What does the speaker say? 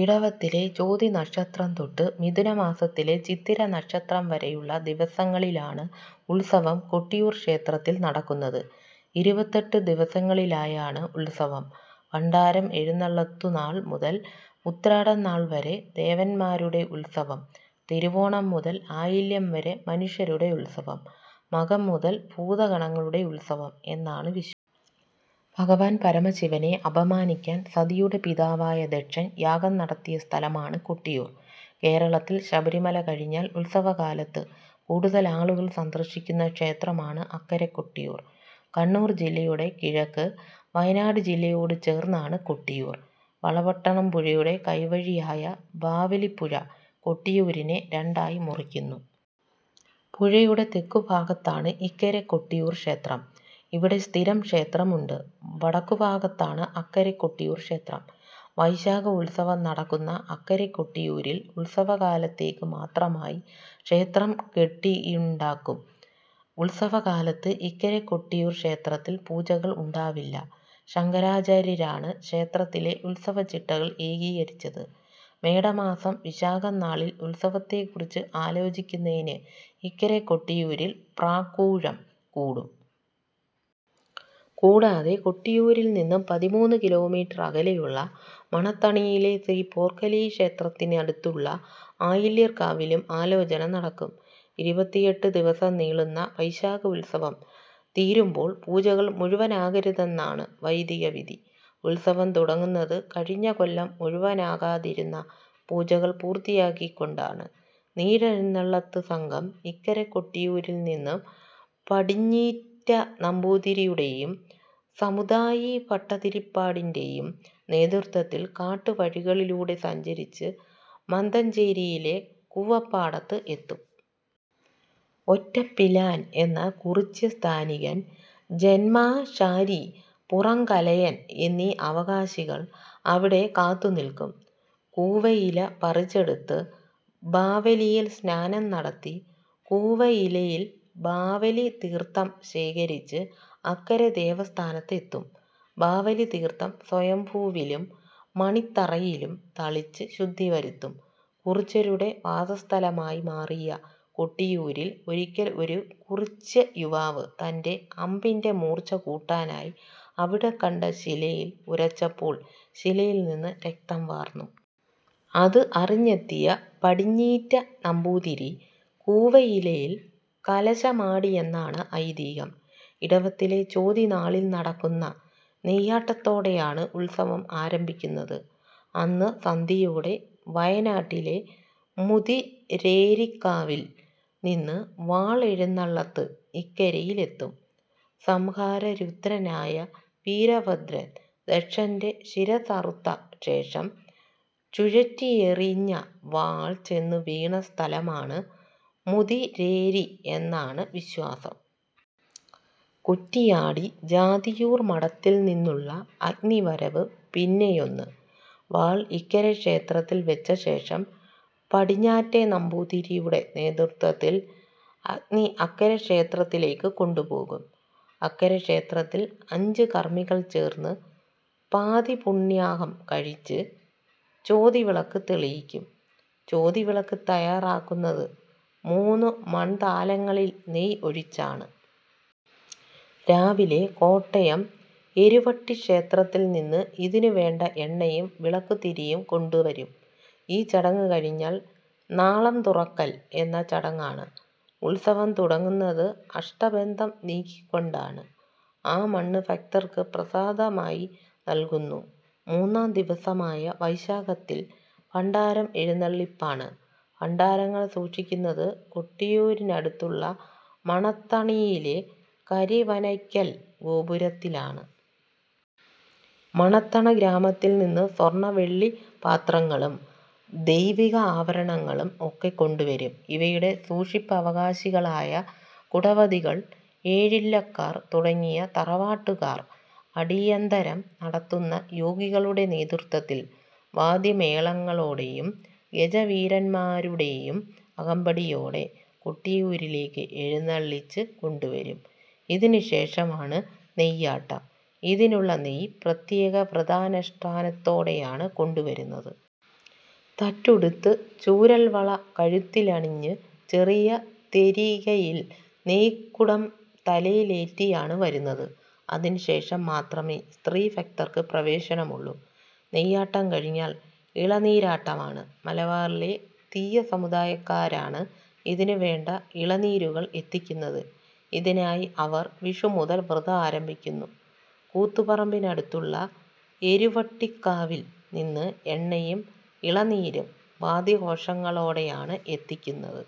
ഇടവത്തിലെ ചോതി നക്ഷത്രം തൊട്ട് മിഥുന മാസത്തിലെ ചിത്തിര നക്ഷത്രം വരെയുള്ള ദിവസങ്ങളിലാണ് ഉത്സവം കൊട്ടിയൂർ ക്ഷേത്രത്തിൽ നടക്കുന്നത്. ഇരുപത്തെട്ട് ദിവസങ്ങളിലായാണ് ഉത്സവം. ഭണ്ഡാരം എഴുന്നള്ളത്തുനാൾ മുതൽ ഉത്രാടം നാൾ വരെ ദേവന്മാരുടെ ഉത്സവം. തിരുവോണം മുതൽ ആയില്യം വരെ മനുഷ്യരുടെ ഉത്സവം. മകം മുതൽ ഭൂതഗണങ്ങളുടെ ഉത്സവം എന്നാണ് വിശ്വാസം. ഭഗവാൻ പരമശിവനെ അപമാനിക്കാൻ സതിയുടെ പിതാവായ ദക്ഷൻ യാഗം നടത്തിയ സ്ഥലമാണ് കൊട്ടിയൂർ. കേരളത്തിൽ ശബരിമല കഴിഞ്ഞാൽ ഉത്സവകാലത്ത് കൂടുതൽ ആളുകൾ സന്ദർശിക്കുന്ന ക്ഷേത്രമാണ് അക്കരെ കൊട്ടിയൂർ. കണ്ണൂർ ജില്ലയുടെ കിഴക്ക്, വയനാട് ജില്ലയോട് ചേർന്നാണ് കൊട്ടിയൂർ. വളപ്പട്ടണം പുഴയുടെ കൈവഴിയായ ബാവലിപ്പുഴ കൊട്ടിയൂരിനെ രണ്ടായി മുറിക്കുന്നു. പുഴയുടെ തെക്കുഭാഗത്താണ് ഇക്കരെ കൊട്ടിയൂർ ക്ഷേത്രം. ഇവിടെ സ്ഥിരം ക്ഷേത്രമുണ്ട്. വടക്കുഭാഗത്താണ് അക്കരെ കൊട്ടിയൂർ ക്ഷേത്രം. വൈശാഖ ഉത്സവം നടക്കുന്ന അക്കരെ കൊട്ടിയൂരിൽ ഉത്സവകാലത്തേക്ക് മാത്രമായി ക്ഷേത്രം കെട്ടിയുണ്ടാക്കും. ഉത്സവകാലത്ത് ഇക്കരെ കൊട്ടിയൂർ ക്ഷേത്രത്തിൽ പൂജകൾ ഉണ്ടാവില്ല. ശങ്കരാചാര്യരാണ് ക്ഷേത്രത്തിലെ ഉത്സവചിട്ടകൾ ഏകീകരിച്ചത്. മേട മാസം വിശാഖം നാളിൽ ഉത്സവത്തെക്കുറിച്ച് ആലോചിക്കുന്നതിന് ഇക്കരെ കൊട്ടിയൂരിൽ പ്രാക്കൂഴം കൂടും. കൂടാതെ കൊട്ടിയൂരിൽ നിന്ന് പതിമൂന്ന് കിലോമീറ്റർ അകലെയുള്ള മണത്തണയിലെ ശ്രീപോർക്കലി ക്ഷേത്രത്തിന് അടുത്തുള്ള ആയില്യർ കാവിലും ആലോചന നടക്കും. ഇരുപത്തിയെട്ട് ദിവസം നീളുന്ന വൈശാഖ ഉത്സവം തീരുമ്പോൾ പൂജകൾ മുഴുവനാകരുതെന്നാണ് വൈദികവിധി. ഉത്സവം തുടങ്ങുന്നത് കഴിഞ്ഞ കൊല്ലം മുഴുവനാകാതിരുന്ന പൂജകൾ പൂർത്തിയാക്കിക്കൊണ്ടാണ്. നീരെഴുന്നള്ളത്ത് സംഘം ഇക്കരെ കൊട്ടിയൂരിൽ നിന്ന് പടിഞ്ഞീറ്റ നമ്പൂതിരിയുടെയും സമുദായി ഭട്ടതിരിപ്പാടിൻ്റെയും നേതൃത്വത്തിൽ കാട്ടുവഴികളിലൂടെ സഞ്ചരിച്ച് മന്ദഞ്ചേരിയിലെ കൂവപ്പാടത്ത് എത്തും. ഒറ്റപ്പിലാൻ എന്ന കുറിച്യസ്ഥാനികൻ, ജന്മാശാരി, പുറംകലയൻ എന്നീ അവകാശികൾ അവിടെ കാത്തുനിൽക്കും. കൂവയില പറിച്ചെടുത്ത് ബാവലിയിൽ സ്നാനം നടത്തി കൂവയിലയിൽ ബാവലിതീർത്ഥം ശേഖരിച്ച് അക്കരെ ദേവസ്ഥാനത്ത് എത്തും. ബാവലിതീർത്ഥം സ്വയംഭൂവിലും മണിത്തറയിലും തളിച്ച് ശുദ്ധിവരുത്തും. കുറിച്യരുടെ വാസസ്ഥലമായി മാറിയ കൊട്ടിയൂരിൽ ഒരിക്കൽ ഒരു കുറിച്യയുവാവ് തൻ്റെ അമ്പിൻ്റെ മൂർച്ച കൂട്ടാനായി അവിടെ കണ്ട ശിലയിൽ ഉരച്ചപ്പോൾ ശിലയിൽ നിന്ന് രക്തം വാർന്നു. അത് അറിഞ്ഞെത്തിയ പടിഞ്ഞീറ്റ നമ്പൂതിരി കൂവയിലയിൽ കലശമാടിയെന്നാണ് ഐതിഹ്യം. ഇടവത്തിലെ ചോതി നാളിൽ നടക്കുന്ന നെയ്യാട്ടത്തോടെയാണ് ഉത്സവം ആരംഭിക്കുന്നത്. അന്ന് സന്ധ്യയോടെ വയനാട്ടിലെ മുതിരേരിക്കാവിൽ നിന്ന് വാൾ എഴുന്നള്ളത്ത് ഇക്കരയിലെത്തും. സംഹാരരുദ്രനായ വീരഭദ്രൻ ദക്ഷൻ്റെ ശിരസ്സറുത്ത ശേഷം ചുഴറ്റിയെറിഞ്ഞ വാൾ ചെന്നു വീണ സ്ഥലമാണ് മുതിരേരി എന്നാണ് വിശ്വാസം. കുറ്റിയാടി ജാതിയൂർ മഠത്തിൽ നിന്നുള്ള അഗ്നിവരവ് പിന്നെയൊന്ന്. വാൾ ഇക്കരെ ക്ഷേത്രത്തിൽ വെച്ചശേഷം പടിഞ്ഞാറ്റെ നമ്പൂതിരിയുടെ നേതൃത്വത്തിൽ അഗ്നി അക്കരെ ക്ഷേത്രത്തിലേക്ക് കൊണ്ടുപോകും. അക്കരെ ക്ഷേത്രത്തിൽ അഞ്ച് കർമ്മികൾ ചേർന്ന് പാതിപൂണ്യാഹം കഴിച്ച് ചോതി വിളക്ക് തെളിയിക്കും. ചോതി വിളക്ക് തയ്യാറാക്കുന്നത് മൂന്ന് മൺതാലങ്ങളിൽ നെയ്യ് ഒഴിച്ചാണ്. രാവിലെ കോട്ടയം എരുവട്ടി ക്ഷേത്രത്തിൽ നിന്ന് ഇതിനു വേണ്ട എണ്ണയും വിളക്കുതിരിയും കൊണ്ടുവരും. ഈ ചടങ്ങ് കഴിഞ്ഞാൽ "നാളം തുറക്കൽ" എന്ന ചടങ്ങാണ്. ഉത്സവം തുടങ്ങുന്നത് അഷ്ടബന്ധം നീക്കിക്കൊണ്ടാണ്, ആ മണ്ണ് ഭക്തർക്ക് പ്രസാദമായി നൽകുന്നു. മൂന്നാം ദിവസമായ വൈശാഖത്തിൽ ഭണ്ഡാരം എഴുന്നെള്ളിപ്പാണ്. ഭണ്ഡാരങ്ങൾ സൂക്ഷിക്കുന്നത് കൊട്ടിയൂരിനടുത്തുള്ള മണത്തണയിലെ കരിമ്പനയ്ക്കൽ ഗോപുരത്തിലാണ്. മണത്തണ ഗ്രാമത്തിൽ നിന്ന് സ്വർണ്ണ, വെള്ളി പാത്രങ്ങളും ദൈവിക ആഭരണങ്ങളും ഒക്കെ കൊണ്ടുവരും. ഇവയുടെ സൂക്ഷിപ്പവകാശികളായ കുടവതികൾ, ഏഴില്ലക്കാർ തുടങ്ങിയ തറവാട്ടുകാർ അടിയന്തരം നടത്തുന്ന യോഗികളുടെ നേതൃത്വത്തിൽ വാദ്യമേളങ്ങളോടെയും ഗജവീരന്മാരുടെയും അകമ്പടിയോടെ കൊട്ടിയൂരിലേക്ക് എഴുന്നള്ളിച്ച് കൊണ്ടുവരും. ഇതിനുശേഷമാണ് നെയ്യാട്ടം. ഇതിനുള്ള നെയ്യ് പ്രത്യേക വ്രതാനുഷ്ഠാനത്തോടെയാണ് കൊണ്ടുവരുന്നത്. തറ്റുടുത്ത്, ചൂരൽവള കഴുത്തിലണിഞ്ഞ് ചെറിയ തെരികയിൽ നെയ്ക്കുടം തലയിലേറ്റിയാണ് വരുന്നത്. അതിനു ശേഷം മാത്രമേ സ്ത്രീ ഭക്തർക്ക് പ്രവേശനമുള്ളൂ. നെയ്യാട്ടം കഴിഞ്ഞാൽ ഇളനീരാട്ടമാണ്. മലബാറിലെ തിയ്യസമുദായക്കാരാണ് ഇതിനു വേണ്ട ഇളനീരുകൾ എത്തിക്കുന്നത്. ഇതിനായി അവർ വിഷു മുതൽ വ്രതം ആരംഭിക്കുന്നു. കൂത്തുപറമ്പിനടുത്തുള്ള എരുവട്ടിക്കാവിൽ നിന്ന് എണ്ണയും ഇളനീരും വാദ്യാഘോഷങ്ങളോടെയാണ് എത്തിക്കുന്നത്.